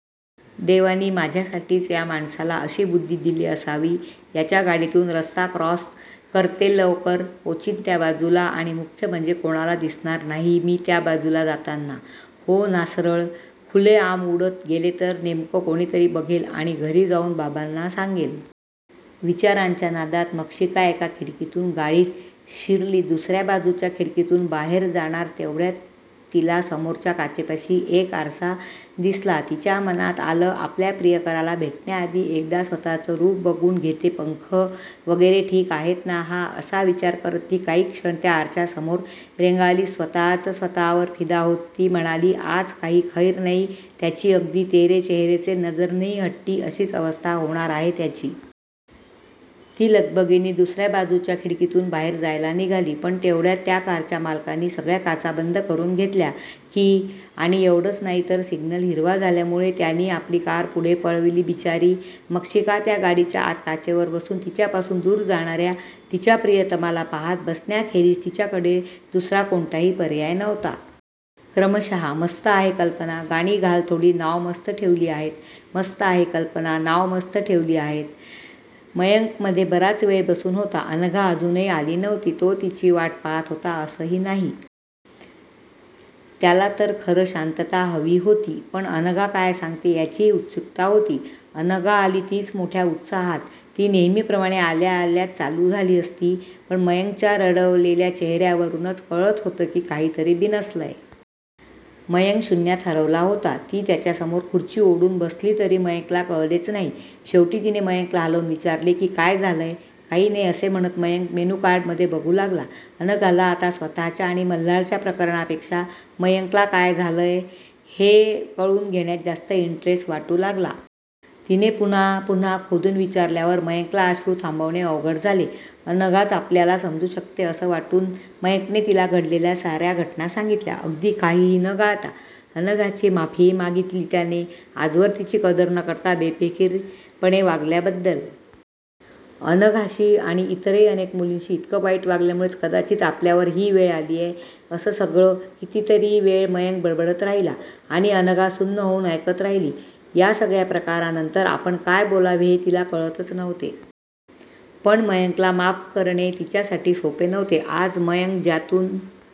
देवानी माझ्यासाठीच या माणसाला अशी बुद्धी दिली असावी. याच्या गाडीतून रस्ता क्रॉस करतेलवकर पोचीन त्या बाजूलाआणि मुख्य म्हणजे कोणाला दिसणार नाही मी त्या बाजूला जाताना.. हो नासरळ खुले आम उडत गेले तर नेमकं कोणीतरी बघेल आणि घरी जाऊन बाबांना सांगेल. ' विचारांच्या नादात मक्षिका एका खिडकीतून गाडीत शिरलीदुसऱ्या बाजूच्या खिडकीतून बाहेर जाणार तेवढ्यात तिला समोरच्या काचेपाशी एक आरसा दिसलातिच्या मनात आलं,'आपल्या प्रियकराला भेटण्याआधी एकदा स्वतःचं रूप बघून घेतेपंख वगैरे ठीक आहेत ना! ' हा असा विचार करत ती काही क्षण त्या आरशासमोर रेंगाळलीस्वतःच स्वतःवर फिदा होत ती म्हणाली," आज काही खैर नाही त्याचीअगदी 'तेरे चेहरे से नजर नहीं हटती' अशीच अवस्था होणार आहे त्याची! " ती लगबगीनी दुसऱ्या बाजूच्या खिडकीतून बाहेर जायला लागली पणतेवढ्यात त्या कारच्या मालकानी सगळ्या काचा बंद करून घेतल्या की! आणि एवढंच नाही तर सिग्नल हिरवा झाल्यामुळे त्यानी आपली कार पुढे पळवलीबिचारी मक्षिकात्या गाडीच्या आत काचेवर बसून तिच्यापासून दूर जाणाऱ्या तिच्या प्रियतमाला पाहात बसण्याखेरीज तिच्याकडे दुसरा कोणताही पर्याय नव्हता!!! क्रमशःमस्त आहे कल्पना! गाणी घाल थोडी! नाव मस्त ठेवली आहेत. मस्त आहे कल्पना! नाव मस्त ठेवली आहेत ++ मयंक मध्ये बराच वेळ बसून होता. अनघा अजूनही आली नव्हती. तो तिची वाट पाहत होता असही नाही. त्याला खर तर शांतता हवी होती. पण अनघा काय सांगते याचीही उत्सुकता होती. अनघा आली तीच मोठ्या उत्साहात. ती नेहमीप्रमाणे आल्याआल्याच चालू झाली असती पण मयंकच्या रडवेल्या चेहऱ्यावरूनच कळत होत कि काहीतरी बिनसलंय. मयंक शून्यात हरवला होता. ती त्याच्यासमोर खुर्ची ओढून बसली तरी मयंकला कळलेच नाही. शेवटी तिने मयंकला हलवून विचारले कि काय झालंय. काही नाही असे म्हणत मयंक मेनू कार्ड मध्ये बघू लागला. अनघाला आता स्वतःच्या आणि मल्हारच्या प्रकरणापेक्षा मयंकला काय झालंय हे कळून घेण्यात जास्त इंटरेस्ट वाटू लागला. तिने पुन्हा पुन्हा खोदुन विचारल्यावर मयंकला अश्रू थांबवणे अवघड झाले. अनघाच आपल्याला समजू शकते अस वाटून मयंकने तिला घडलेल्या साऱ्या घटना सांगितल्या. अगदी काहीही न गाळता. अनघाची माफीही मागितली त्याने, आजवर तिची कदर न करता बेफिकीरपणे वागल्याबद्दल. अनघाशी आणि इतरही अनेक मुलींशी इतक वाईट वागल्यामुळेच कदाचित आपल्यावर ही वेळ आलीय अस सगळ कितीतरी वेळ मयंक बडबडत राहिला. आणि अनघा सुन्न होऊन ऐकत राहिली. या सगळ्या प्रकारानंतर आपण काय बोलावे हे तिला कळतच नव्हते. पण मयंकला माफ करणे तिच्यासाठी सोपे नव्हते. आज मयंक ज्यातून